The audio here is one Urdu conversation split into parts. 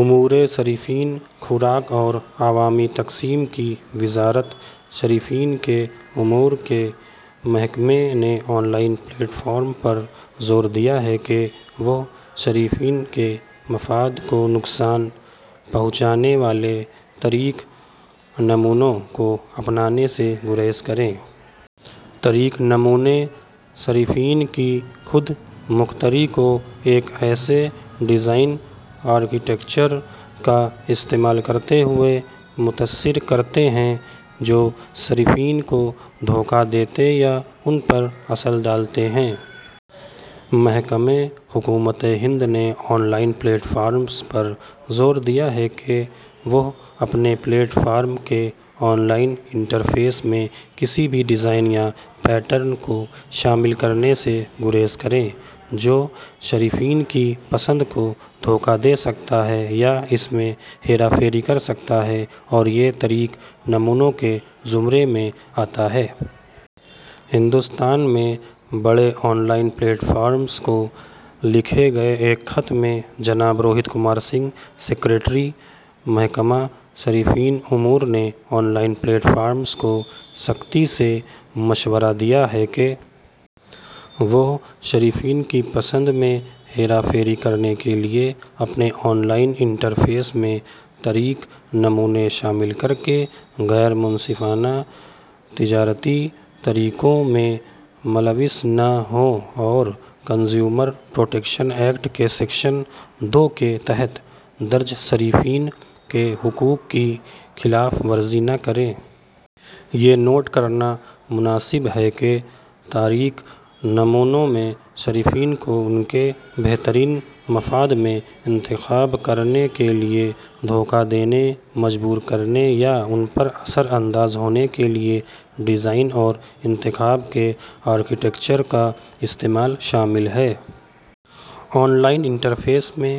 امور صارفین، خوراک اور عوامی تقسیم کی وزارت، صارفین کے امور کے محکمے نے آن لائن پلیٹ فارمز پر زور دیا ہے کہ وہ صارفین کے مفاد کو نقصان پہنچانے والے ’تاریک نمونوں‘ کو اپنانے سے گریز کریں۔ تاریک نمونے صارفین کی خود مختاری کو ایک ایسے ڈیزائن آرکیٹیکچر کا استعمال کرتے ہوئے متاثر کرتے ہیں، جو صارفین کو دھوکا دیتے یا ان پر اثر ڈالتے ہیں۔ صارفین کے امور کے محکمے، حکومت ہند نے آن لائن پلیٹ فارمز پر زور دیا ہے کہ وہ اپنے پلیٹ فارم کے آن لائن انٹرفیس میں کسی بھی ڈیزائن یا پیٹرن کو شامل کرنے سے گریز کریں، جو صارفین کی پسند کو دھوکا دے سکتا ہے یا اس میں ہیرا پھیری کر سکتا ہے اور یہ تاریک نمونوں کے زمرے میں آتا ہے۔ ہندوستان میں بڑے آن لائن پلیٹ فارمز کو لکھے گئے ایک خط میں جناب روہت کمار سنگھ، سکریٹری، محکمہ صارفین امور نے آن لائن پلیٹ فارمز کو سختی سے مشورہ دیا ہے کہ وہ صارفین کی پسند میں ہیرا پھیری کرنے کے لیے اپنے آن لائن انٹرفیس میں تاریک نمونے شامل کرکے ’غیر منصفانہ تجارتی طریقوں‘ میں ملوث نہ ہوں اور کنزیومر پروٹیکشن ایکٹ کے سیکشن دو کے تحت درج ’صارفین کے حقوق‘ کی خلاف ورزی نہ کریں۔ یہ نوٹ کرنا مناسب ہے کہ تاریک نمونوں میں صارفین کو ان کے بہترین مفاد میں انتخاب کرنے کے لیے دھوکا دینے، مجبور کرنے یا ان پر اثر انداز ہونے کے لیے ڈیزائن اور انتخاب کے آرکیٹیکچر کا استعمال شامل ہے۔ آن لائن انٹرفیس میں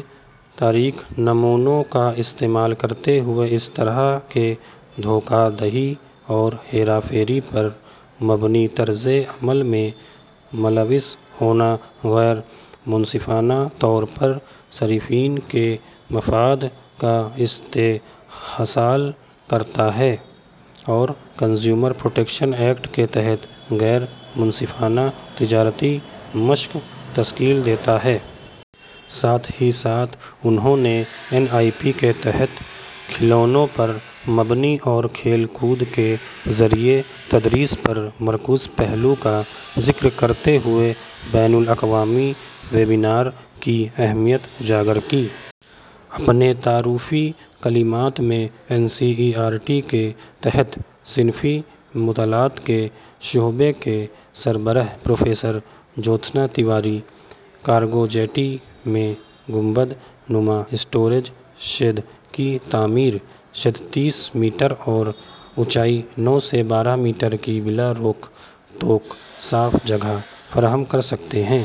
تاریک نمونوں کا استعمال کرتے ہوئے اس طرح کے دھوکا دہی اور ہیرا پھیری پر مبنی طرز عمل میں ملوث ہونا غیر منصفانہ طور پر صارفین کے مفاد کا استحصال کرتا ہے اور کنزیومر پروٹیکشن ایکٹ کے تحت ’غیر منصفانہ تجارتی مشق‘ تشکیل دیتا ہے۔ ساتھ ہی ساتھ انہوں نے این ای پی کے تحت کھلونوں پر مبنی اور کھیل کود کے ذریعے تدریس پر مرکوز پہلو کا ذکر کرتے ہوئے بین الاقوامی ویبینار کی اہمیت اجاگر کی۔ اپنے تعارفی کلمات میں N C E R T کے تحت صنفی مطالعات کے شعبے کے سربراہ professor Jyotsna Tiwari. Cargo jetty میں گنبد نما اسٹوریج شیڈ کی تعمیر۔ شیڈ تیس میٹر اور اونچائی نو سے بارہ میٹر کی بلا روک ٹوک صاف جگہ فراہم کر سکتے ہیں۔